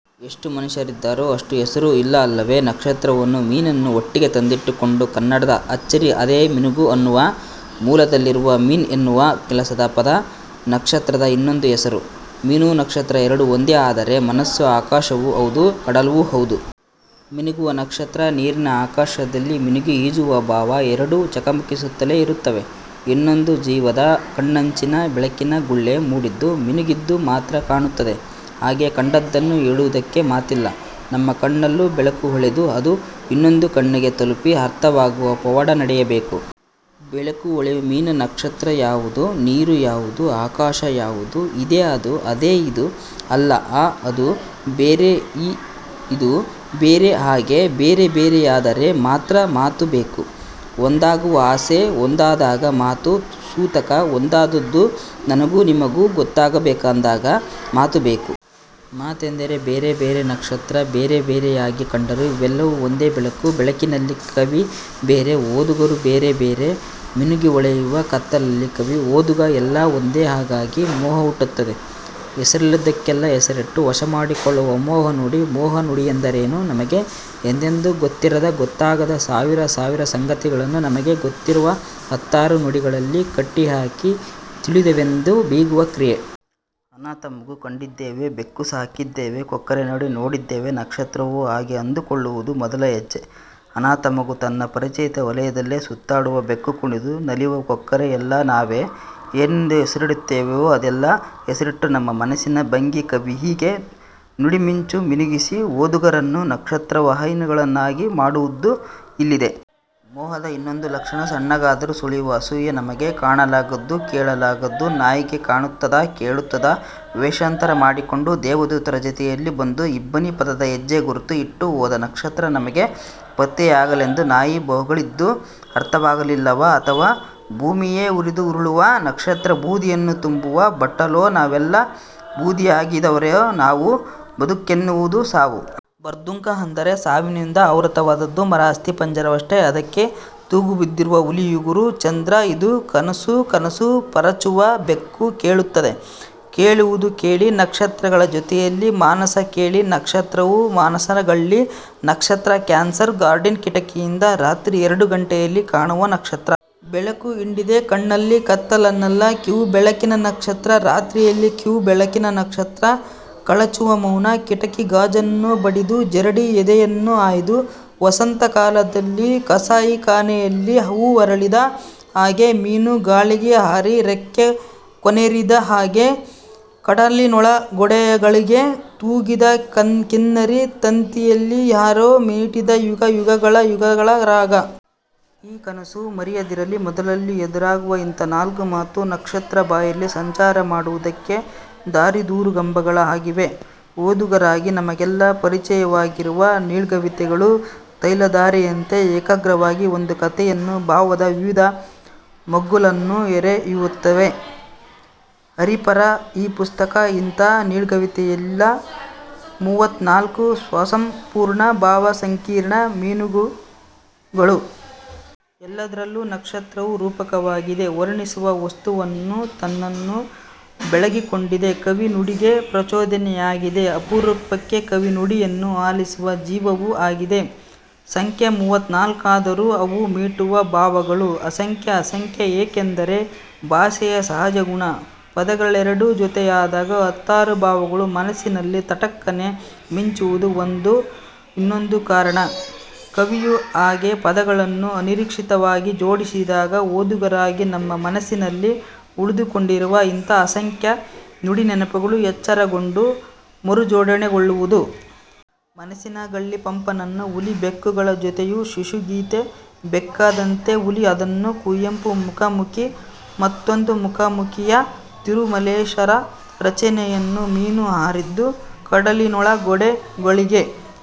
ಎಷ್ಟು ಮನುಷ್ಯರಿದ್ದಾರೋ ಅಷ್ಟು ಹೆಸರು ಇಲ್ಲ ಅಲ್ಲವೇ? ನಕ್ಷತ್ರವನ್ನೂ ಮೀನನ್ನೂ ಒಟ್ಟಿಗೆ ತಂದಿಟ್ಟುಕೊಂಡ ಕನ್ನಡದ ಅಚ್ಚರಿ ಅದೇ. ಮಿನುಗು ಅನ್ನುವ ಮೂಲದಲ್ಲಿರುವುದು ಮೀನ್ ಅನ್ನುವ ಕೆಲಸದ ಪದ. ನಕ್ಷತ್ರದ ಇನ್ನೊಂದು ಹೆಸರು. ಮೀನು ನಕ್ಷತ್ರ ಎರಡೂ ಒಂದೇ ಅಂದರೆ ಮನಸ್ಸು ಆಕಾಶವೂ ಹೌದು, ಕಡಲೂ ಹೌದು. ಮಿನುಗುವ ನಕ್ಷತ್ರ, ನೀರಿನ ಆಕಾಶದಲ್ಲಿ ಮಿನುಗಿ ಈಜುವ ಭಾವ ಎರಡೂ ಚಕಮಕಿಸುತ್ತಲೇ ಇರುತ್ತವೆ. ಇನ್ನೊಂದು ಜೀವದ ಕಣ್ಣಂಚಿನಲ್ಲಿ ಬೆಳಕಿನ ಗುಳ್ಳೆ ಮೂಡಿದ್ದು ಮಿನುಗಿದ್ದು ಮಾತ್ರ ಕಾಣುತ್ತದೆ. ಹಾಗೆ ಕಂಡದ್ದನ್ನು ಹೇಳುವುದಕ್ಕೆ ಮಾತಿಲ್ಲ. ನಮ್ಮ ಕಣ್ಣಲ್ಲೂ ಬೆಳಕು ಹೊಳೆದು ಅದು ಇನ್ನೊಂದು ಕಣ್ಣಿಗೆ ತಲುಪಿ ಅರ್ಥವಾಗುವ ಪವಾಡ ನಡೆಯಬೇಕು. ಬೆಳಕು, ಹೊಳೆ, ಮೀನು, ನಕ್ಷತ್ರ ಯಾವುದು ನೀರು, ಯಾವುದು ಆಕಾಶ, ಯಾವುದು ಇದೇ ಅದು, ಅದೇ ಇದು. ಅಲ್ಲ ಆ ಅದು ಬೇರೆ, ಈ ಇದು ಬೇರೆ. ಹಾಗೆ ಬೇರೆಬೇರೆಯಾದರೆ ಮಾತ್ರ ಮಾತು ಬೇಕು. ಒಂದಾಗುವ ಆಸೆ. ಒಂದಾದಾಗ ಮಾತು ಸೂತಕ. ಒಂದಾದದ್ದು ನನಗೂ ನಿಮಗೂ ಗೊತ್ತಾಗಬೇಕೆಂದಾಗ ಮಾತು ಬೇಕು. ಮಾತೆಂದರೆ ಬೇರೆ ಬೇರೆ ನಕ್ಷತ್ರ ಬೇರೆ ಬೇರೆಯಾಗಿ ಕಂಡರೂ ಅವೆಲ್ಲವೂ ಒಂದೇ ಬೆಳಕು. ಬೆಳಕಿನಲ್ಲಿ ಕವಿ ಬೇರೆ, ಓದುಗರು ಬೇರೆ ಬೇರೆ. ಮಿನುಗಿ ಹೊಳೆಯುವ ಕತ್ತಲಲ್ಲಿ ಕವಿ, ಓದುಗ ಎಲ್ಲಾ ಒಂದೇ. ಹಾಗಾಗಿ ಮೋಹ ಹುಟ್ಟುತ್ತದೆ. ಹೆಸರಿಲ್ಲದ್ದಕ್ಕೆಲ್ಲ ಹೆಸರಿಟ್ಟು ವಶಮಾಡಿಕೊಳ್ಳುವ ಮೋಹ. ನುಡಿ ಮೋಹ. ನುಡಿಯೆಂದರೇನು ನಮಗೆ ಎಂದೆಂದೂ ಗೊತ್ತಿರದ, ಗೊತ್ತಾಗದ ಸಾವಿರ ಸಾವಿರ ಸಂಗತಿಗಳನ್ನು ನಮಗೆ ಗೊತ್ತಿರುವ ಹತ್ತಾರು ನುಡಿಗಳಲ್ಲಿ ಕಟ್ಟಿಹಾಕಿ ತಿಳಿದೆವೆಂದು ಬೀಗುವ ಕ್ರಿಯೆ. ಅನಾಥ ಮಗು ಕಂಡಿದ್ದೇವೆ, ಬೆಕ್ಕು ಸಾಕಿದ್ದೇವೆ, ಕೊಕ್ಕರೆ ನಡೆ ನೋಡಿದ್ದೇವೆ ನಕ್ಷತ್ರವೂ ಹಾಗೆ ಅಂದುಕೊಳ್ಳುವುದು ಮೊದಲ ಹೆಜ್ಜೆ. ಅನಾಥ ಮಗು, ತನ್ನ ಪರಿಚಿತ ವಲಯದಲ್ಲೇ ಸುತ್ತಾಡುವ ಬೆಕ್ಕು, ಕುಣಿದು ನಲಿವ ಕೊಕ್ಕರೆ ಎಲ್ಲಾ ನಾವೇ, ಏನೆಂದು ಹೆಸರಿಡುತ್ತೇವೋ ಅದೆಲ್ಲ ಹೆಸರಿಟ್ಟ ನಮ್ಮ ಮನಸಿನ ಭಂಗಿ. ಕವಿ ಹೀಗೆ ನುಡಿಮಿಂಚು ಮಿನುಗಿಸಿ ಓದುಗರನ್ನೂ ನಕ್ಷತ್ರಮೋಹಿಗಳನ್ನಾಗಿ ಮಾಡಿದ್ದು ಇಲ್ಲಿದೆ. ಮೋಹದ ಇನ್ನೊಂದು ಲಕ್ಷಣ ಸಣ್ಣಗಾದರೂ ಸುಳಿಯುವ ಅಸೂಯೆ. ನಮಗೆ ಕಾಣಲಾಗದ್ದು, ಕೇಳಲಾಗದ್ದು ನಾಯಿಗೆ ಕಾಣುತ್ತದಾ, ಕೇಳುತ್ತದಾ? ವೇಷಾಂತರ ಮಾಡಿಕೊಂಡು ದೇವದೂತರ ಜೊತೆಯಲ್ಲಿ ಬಂದು ಇಬ್ಬನಿ ಪಾದದ ಹೆಜ್ಜೆ ಗುರುತು ಬಿಟ್ಟು ಹೋದ ನಕ್ಷತ್ರ ನಮಗೆ ಪತ್ತೆಯಾಗಲೆಂದು ನಾಯಿ ಬೊಗಳಿದ್ದು ಅರ್ಥವಾಗಲಿಲ್ಲವಾ? ಅಥವಾ ಈ ಭೂಮಿಯೇ ಉರಿದು ಉರುಳುವ ನಕ್ಷತ್ರಬೂದಿಯನ್ನು ತುಂಬುವ ಬಟ್ಟಲೋ ನಾವೆಲ್ಲ ಬೂದಿಯಾದವರೋ ನಾವು ಬದುಕೆನ್ನುವುದು ಸಾವು. ಬರ್ದುಂಕು ಅಂದರೆ ಸಾವಿನಿಂದ ಆವೃತ್ತವಾದದ್ದು. ಮರ ಅಸ್ತಿಪಂಜರವಷ್ಟೇ ಅದಕ್ಕೆ ತೂಗುಬಿದ್ದಿರುವ ಹುಲಿಯುಗುರು ಚಂದ್ರ. ಇದು ಕನಸೋ? ಕನಸು ಪರಚುವ ಬೆಕ್ಕು ಕೇಳುತ್ತದೆ. ಕೇಳುವುದು ಕೇಳಿ ನಕ್ಷತ್ರಗಳ ಜೊತೆಯಲ್ಲಿ ಮಾನಸ ಕೇಳಿ ನಕ್ಷತ್ರವು ಮಾನಸಗಳ್ಳಿ. ನಕ್ಷತ್ರ ಕ್ಯಾನ್ಸರ್ ವಾರ್ಡಿನ ಕಿಟಕಿಯಿಂದ ರಾತ್ರಿ ಎರಡು ಗಂಟೆಯಲ್ಲಿ ಕಾಣುವ ನಕ್ಷತ್ರ. 'ಬೆಳಕು ಹಿಂಡಿದೆ ಕಣ್ಣಲ್ಲಿ ಕತ್ತಲನ್ನಲ್ಲ ಕೀವು ಬೆಳಕಿನ ನಕ್ಷತ್ರ'. ರಾತ್ರಿಯಲ್ಲಿ ಕೀವು ಬೆಳಕಿನ ನಕ್ಷತ್ರ ಕಳಚುವ ಮೌನ ಕಿಟಕಿ ಗಾಜನ್ನು ಬಡಿದು ಜರಡಿ ಎದೆಯನ್ನು ಹಾಯ್ದು ವಸಂತಕಾಲದಲ್ಲಿ ಕಸಾಯಿಖಾನೆಯಲ್ಲಿ ಹೂ ಅರಳಿದ ಹಾಗೆ ಮೀನು ಗಾಳಿಗೆ ಹಾರಿ ರೆಕ್ಕೆ ಕೊನರಿದ ಹಾಗೆ 'ಕಡಲಿನೊಳಗೋಡೆಗಳಿಗೆ ತೂಗಿದ ಕಿನ್ನರಿಯ ತಂತಿಯಲಿ ಯಾರೋ ಮೀಟಿದ ಯುಗ ಯುಗಗಳ ಯುಗಳ ರಾಗ'. ಈ ಕನಸು ಮುರಿಯದಿರಲಿ. ಮೊದಲಲ್ಲಿ ಎದುರಾಗುವ ಇಂಥ ನಾಲ್ಕು ಮಾತು ನಕ್ಷತ್ರಬಯಲ್ಲಿ ಸಂಚಾರ ಮಾಡುವುದಕ್ಕೆ ದಾರಿದೋರುಗಂಬಗಳ ಹಾಗಿವೆ. ಓದುಗರಾಗಿ ನಮಗೆಲ್ಲ ಪರಿಚಿತವಾಗಿರುವ ನೀಳ್ಗವಿತೆಗಳು ತೈಲಧಾರೆಯಂತೆ ಏಕಾಗ್ರವಾಗಿ ಒಂದು ಕಥೆಯನ್ನೋ ಭಾವದ ವಿವಿಧ ಮಗ್ಗುಲನ್ನೋ ಎರೆಯುತ್ತವೆ. ಅರೀಫರ ಈ ಪುಸ್ತಕ ಅಂಥ ನೀಳ್ಗವಿತೆಯಲ್ಲ, ಮೂವತ್ತ ನಾಲ್ಕು ಸ್ವಸಂಪೂರ್ಣ ಭಾವ ಸಂಕೀರ್ಣ ಮಿನುಗುಗಳು. ಎಲ್ಲದರಲ್ಲೂ ನಕ್ಷತ್ರವು ರೂಪಕವಾಗಿದೆ. ವರ್ಣಿಸುವ ವಸ್ತುವನ್ನೂ ತನ್ನನ್ನೂ ಬೆಳಗಿಕೊಂಡಿದೆ. ಕವಿ ನುಡಿಗೆ ಪ್ರಚೋದನೆಯಾಗಿದೆ, ಅಪರೂಪಕ್ಕೆ ಕವಿ ನುಡಿಯನ್ನು ಆಲಿಸುವ ಜೀವವೂ ಆಗಿದೆ. ಸಂಖ್ಯೆ ಮೂವತ್ತನಾಲ್ಕಾದರೂ ಅವು ಮೀಟುವ ಭಾವಗಳು ಅಸಂಖ್ಯ. ಅಸಂಖ್ಯ ಯಾಕೆಂದರೆ ಭಾಷೆಯ ಸಹಜ ಗುಣ ಪದಗಳೆರಡು ಜೊತೆಯಾದಾಗ ಹತ್ತಾರು ಭಾವಗಳು ಮನಸ್ಸಲ್ಲಿ ತಟಕ್ಕನೆ ಮಿಂಚುವುದು ಒಂದು, ಇನ್ನೊಂದು ಕಾರಣ ಕವಿಯು ಹಾಗೆ ಪದಗಳನ್ನು ಅನಿರೀಕ್ಷಿತವಾಗಿ ಜೋಡಿಸಿದಾಗ ಓದುಗರಾಗಿ ನಮ್ಮ ಮನಸ್ಸಿನಲ್ಲಿ ಉಳಿದುಕೊಂಡಿರುವ ಇತರ ಅಸಂಖ್ಯ ನುಡಿನೆನಪುಗಳು ಎಚ್ಚರಗೊಂಡು ಮರುಜೋಡಣೆಗೊಳ್ಳುವುದು. ಮಾನಸಗಳ್ಳಿ ಪಂಪನನ್ನು, ಹುಲಿ-ಬೆಕ್ಕುಗಳ ಜೊತೆಯು ಶಿಶುಗೀತೆ, ಬೆಕ್ಕಾದಂತೆ ಹುಲಿ ಅನ್ನುವ ಕುವೆಂಪು, ಮುಖಾಮುಖಿ, ಮತ್ತೊಂದು ಮುಖಾಮುಖಿಯ ತಿರುಮಲೇಶರ ರಚನೆಗಳನ್ನೂ, ಮೀನು ಹಾರಿದ್ದು ಕಡಲಿನೊಳಗೋಡೆಗಳಿಗೆ